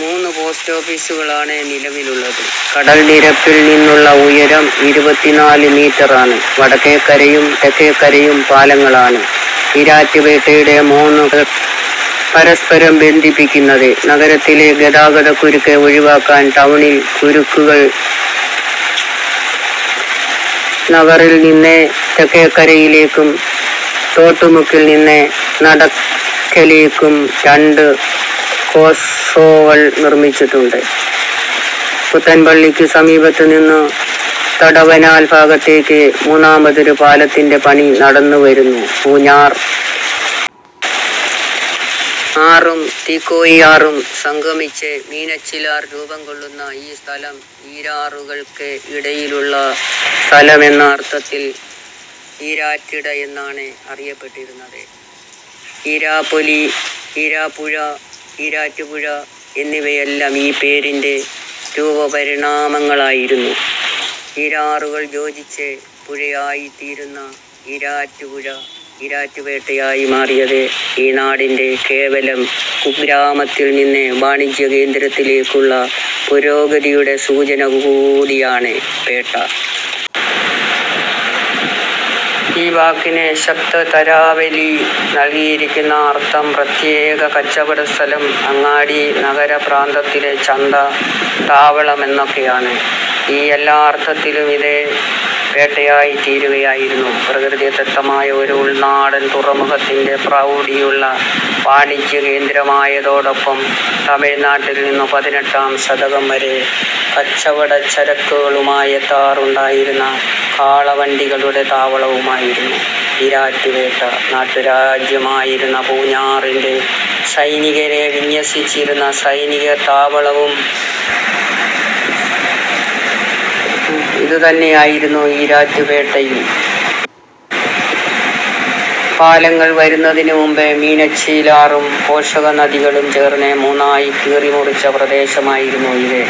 മൂന്ന് പോസ്റ്റ് ഓഫീസുകളാണ് നിലവിലുള്ളത്. കടൽനിരപ്പിൽ നിന്നുള്ള ഉയരം ഇരുപത്തിനാല് മീറ്ററാണ്. വടക്കേക്കരയും തെക്കേക്കരയും പാലങ്ങളാണ് ഈരാറ്റുപേട്ടയുടെ മൂന്ന് കരകളെ പരസ്പരം ബന്ധിപ്പിക്കുന്നത്. നഗരത്തിലെ ഗതാഗതക്കുരുക്ക് ഒഴിവാക്കാൻ ടൗണിൽ കുരിക്കൾനഗറിൽനിന്ന് തെക്കേക്കരയിലേക്കും തോട്ടുമുക്കിൽനിന്ന് നടക്കലേക്കും രണ്ട് കോസ്വേകൾ നിർമിച്ചിട്ടുണ്ട്. പുത്തൻപള്ളിക്കു സമീപത്തുനിന്ന് തടവനാൽ ഭാഗത്തേക്ക് മൂന്നാമതൊരു പാലത്തിൻ്റെ പണി നടന്നുവരുന്നു. പൂഞ്ഞാർ ആറും തീക്കോയി ആറും സംഗമിച്ച് മീനച്ചിലാർ രൂപംകൊള്ളുന്ന ഈ സ്ഥലം ഈരാറുകൾക്ക് ഇടയിലുള്ള സ്ഥലം എന്ന അർഥത്തിൽ ഈരാറ്റിട എന്നാണ് അറിയപ്പെട്ടിരുന്നത്. ഈരാപൊലി. ഈരാപ്പുഴ. ഈരാറ്റുപുഴ എന്നിവയെല്ലാം ഈ പേരിൻ്റെ രൂപപരിണാമങ്ങളായിരുന്നു. ഈരാറുകൾ യോജിച്ച് പുഴയായിത്തീരുന്ന ഈരാറ്റുപുഴ ഈരാറ്റുപേട്ടയായി മാറിയത് ഈ നാടിൻ്റെ കേവലം കുഗ്രാമത്തിൽനിന്ന് വാണിജ്യകേന്ദ്രത്തിലേക്കുള്ള പുരോഗതിയുടെ സൂചന കൂടിയാണ്. പേട്ട എന്ന വാക്കിന് ശബ്ദതാരാവലി നൽകിയിരിക്കുന്ന അർഥം പ്രത്യേക കച്ചവടസ്ഥലം. അങ്ങാടി. നഗരപ്രാന്തത്തിലെ ചന്ത. താവളം എന്നൊക്കെയാണ്. ഈ എല്ലാ അർഥത്തിലും ഇത് പേട്ടയായിത്തീരുകയായിരുന്നു. പ്രകൃതിദത്തമായ ഒരു ഉൾനാടൻ തുറമുഖത്തിൻ്റെ പ്രൗഢിയുള്ള വാണിജ്യകേന്ദ്രമായതോടൊപ്പം തമിഴ്നാട്ടിൽനിന്നും പതിനെട്ടാം ശതകം വരെ കച്ചവടച്ചരക്കുകളുമായെത്താറുണ്ടായിരുന്ന കാളവണ്ടികളുടെ താവളവുമായിരുന്നു ഈരാറ്റുപേട്ട. നാട്ടുരാജ്യമായിരുന്ന പൂഞ്ഞാറിൻ്റെ സൈനികരെ വിന്യസിച്ചിരുന്ന സൈനികത്താവളവും ഇതുതന്നെയായിരുന്നു. ഈരാറ്റുപേട്ടയിൽ പാലങ്ങൾ വരുന്നതിന് മുമ്പ് മീനച്ചിലാറും പോഷകനദികളും ചേർന്ന് മൂന്നായി കീറിമുറിച്ച പ്രദേശമായിരുന്നു ഇത്.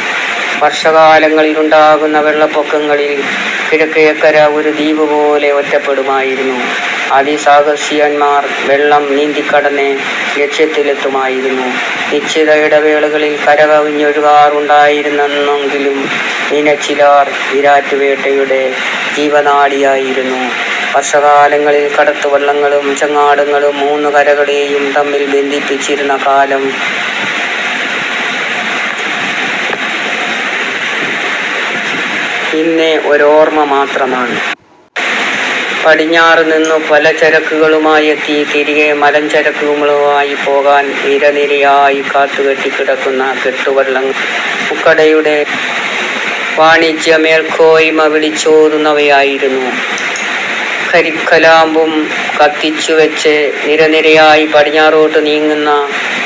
വർഷകാലങ്ങളിലുണ്ടാകുന്ന വെള്ളപ്പൊക്കങ്ങളിൽ കിഴക്കേക്കര ഒരു ദ്വീപുപോലെ ഒറ്റപ്പെടുമായിരുന്നു. അതിസാഹസികന്മാർ വെള്ളം നീന്തിക്കടന്ന് ലക്ഷ്യത്തിലെത്തുമായിരുന്നു. നിശ്ചിത ഇടവേളകളിൽ കരകവിഞ്ഞൊഴുകാറുണ്ടായിരുന്നെങ്കിലും മീനച്ചിലാർ ഈരാറ്റുപേട്ടയുടെ ജീവനാഡിയായിരുന്നു. വർഷകാലങ്ങളിൽ കടത്തുവള്ളങ്ങളും ചങ്ങാടങ്ങളും മൂന്ന് കരകളെയും തമ്മിൽ ബന്ധിപ്പിച്ചിരുന്ന കാലം ഇന്ന് ഒരോർമ മാത്രമാണ്. പടിഞ്ഞാറുനിന്നും പലചരക്കുകളുമായെത്തി തിരികെ മലഞ്ചരക്കുകളുമായി പോകാൻ നിരനിരയായി കാത്തുകെട്ടിക്കിടക്കുന്ന കെട്ടുവള്ളങ്ങൾ മുക്കടയുടെ വാണിജ്യമേൽക്കോയ്മ വിളിച്ചോതുന്നവയായിരുന്നു. ഹരിക്കലാമ്പും കത്തിച്ചുവെച്ച് നിരനിരയായി പടിഞ്ഞാറോട്ട് നീങ്ങുന്ന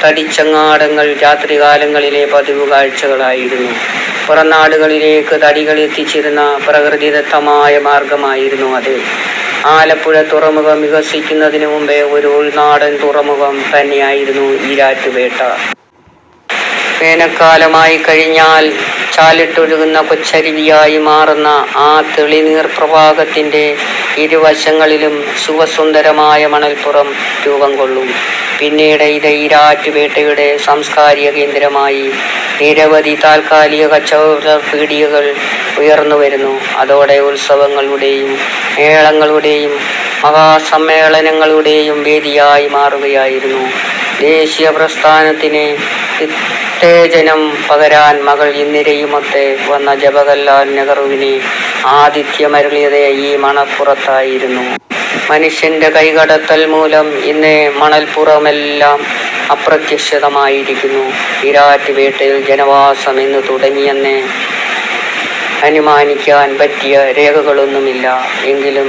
തടിച്ചങ്ങാടങ്ങൾ രാത്രികാലങ്ങളിലെ പതിവുകാഴ്ചകളായിരുന്നു. പുറംനാടുകളിലേക്ക് തടികൾ എത്തിച്ചിരുന്ന പ്രകൃതിദത്തമായ മാർഗമായിരുന്നു അത്. ആലപ്പുഴ തുറമുഖം വികസിക്കുന്നതിന് മുമ്പ് ഒരു ഉൾനാടൻ തുറമുഖം തന്നെയായിരുന്നു ഈരാറ്റുപേട്ട. വേനൽക്കാലമായിക്കഴിഞ്ഞാൽ ചാലിട്ടൊഴുകുന്ന കൊച്ചരുവിയായി മാറുന്ന ആ തെളിനീർപ്രവാഹത്തിൻ്റെ ഇരുവശങ്ങളിലും ശുഭ്രസുന്ദരമായ മണൽപ്പുറം രൂപംകൊള്ളും. പിന്നീട് അത് ഈരാറ്റുപേട്ടയുടെ സാംസ്കാരികകേന്ദ്രമായി. നിരവധി താൽക്കാലിക കച്ചവടപ്പീടികകൾ ഉയർന്നുവരുന്നു. അതോടെ ഉത്സവങ്ങളുടെയും മേളകളുടെയും മഹാസമ്മേളനങ്ങളുടെയും വേദിയായി മാറുകയായിരുന്നു. ദേശീയപ്രസ്ഥാനത്തിന് ഉത്തേജനം പകരാൻ മകൾ ഇന്ദിരയുമൊത്ത് വന്ന ജവഹർലാൽ നെഹ്റുവിന് ആതിഥ്യമരുളിയത് ഈ മണൽപ്പുറത്തായിരുന്നു. മനുഷ്യൻ്റെ കൈകടത്തൽമൂലം ഇന്ന് മണൽപ്പുറമെല്ലാം അപ്രത്യക്ഷമായിരിക്കുന്നു. ഈരാറ്റുപേട്ടയിൽ ജനവാസം എന്നു തുടങ്ങിയെന്ന് അനുമാനിക്കാൻ പറ്റിയ രേഖകളൊന്നുമില്ല. എങ്കിലും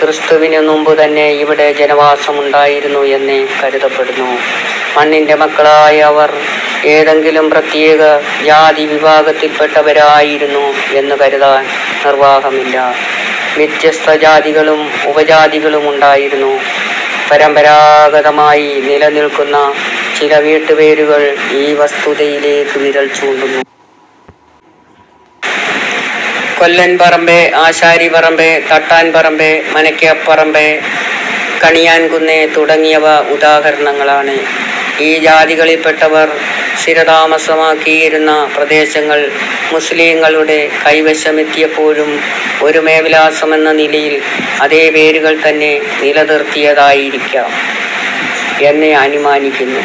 ക്രിസ്തുവിനുമുമ്പുതന്നെ ഇവിടെ ജനവാസമുണ്ടായിരുന്നു എന്ന് കരുതപ്പെടുന്നു. മണ്ണിൻ്റെ മക്കളായ അവർ ഏതെങ്കിലും പ്രത്യേക ജാതിവിഭാഗത്തിൽപ്പെട്ടവരായിരുന്നു എന്ന് കരുതാൻ നിർവാഹമില്ല. വ്യത്യസ്ത ജാതികളും ഉപജാതികളും ഉണ്ടായിരുന്നു. പരമ്പരാഗതമായി നിലനിൽക്കുന്ന ചില വീട്ടുപേരുകൾ ഈ വസ്തുതയിലേക്ക് വിരൽചൂണ്ടുന്നു. കൊല്ലൻപറമ്പ്. ആശാരിപറമ്പ്. തട്ടാൻപറമ്പ്. മനയ്ക്കപ്പറമ്പ്. കണിയാൻകുന്ന് തുടങ്ങിയവ ഉദാഹരണങ്ങളാണ്.ഈ ജാതികളിൽപ്പെട്ടവർ സ്ഥിരതാമസമാക്കിയിരുന്ന പ്രദേശങ്ങൾ മുസ്ലിംകളുടെ കൈവശമെത്തിയപ്പോഴും ഒരു മേൽവിലാസമെന്ന നിലയിൽ അതേ പേരുകൾ തന്നെ നിലനിർത്തിയതായിരിക്കാം എന്ന് അനുമാനിക്കുന്നു.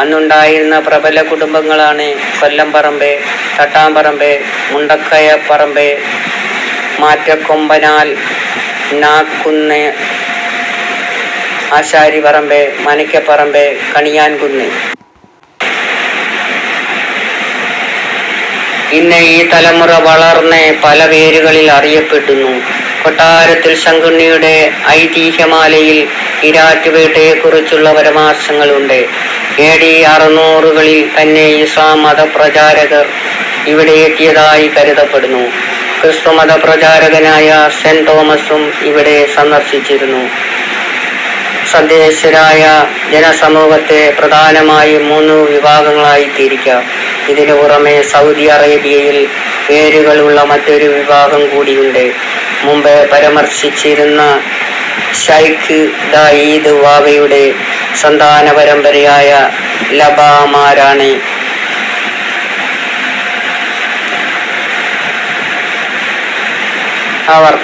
അന്ന് ഉണ്ടായിരുന്ന പ്രബല കുടുംബങ്ങളാണ് കൊല്ലംപറമ്പ്. തട്ടാംപറമ്പ്. മുണ്ടക്കായപ്പറമ്പ്. മാറ്റകൊമ്പനാൽ. നാകുന്നത്. ആശാരിപറമ്പ്. മനയ്ക്കപ്പറമ്പ്. കണിയാൻകുന്ന്. ഇന്ന് ഈ തലമുറ വളർന്ന് പല പേരുകളിൽ അറിയപ്പെടുന്നു. കൊട്ടാരത്തിൽ ശങ്കുണ്ണിയുടെ ഐതിഹ്യമാലയിൽ ഈരാറ്റുപേട്ടയെക്കുറിച്ചുള്ള പരാമർശങ്ങളുണ്ട്. എ ഡി അറുനൂറുകളിൽ തന്നെ ഇസ്ലാം മതപ്രചാരകർ ഇവിടെയെത്തിയതായി കരുതപ്പെടുന്നു. ക്രിസ്തുമതപ്രചാരകനായ സെന്റ് തോമസും ഇവിടം സന്ദർശിച്ചിരുന്നു. തദ്ദേശീയരായ ജനസമൂഹത്തെ പ്രധാനമായും മൂന്ന് വിഭാഗങ്ങളായി തിരിക്കാം. ഇതിനു പുറമേ സൗദി അറേബ്യയിൽ വേരുകളുള്ള മറ്റൊരു വിഭാഗം കൂടിയുണ്ട്. മുമ്പ് പരാമർശിച്ച ശൈഖ് സഈദ് ബാവയുടെ സന്താനപരമ്പരയായ ലബ്ബമാരാണ് അവർ.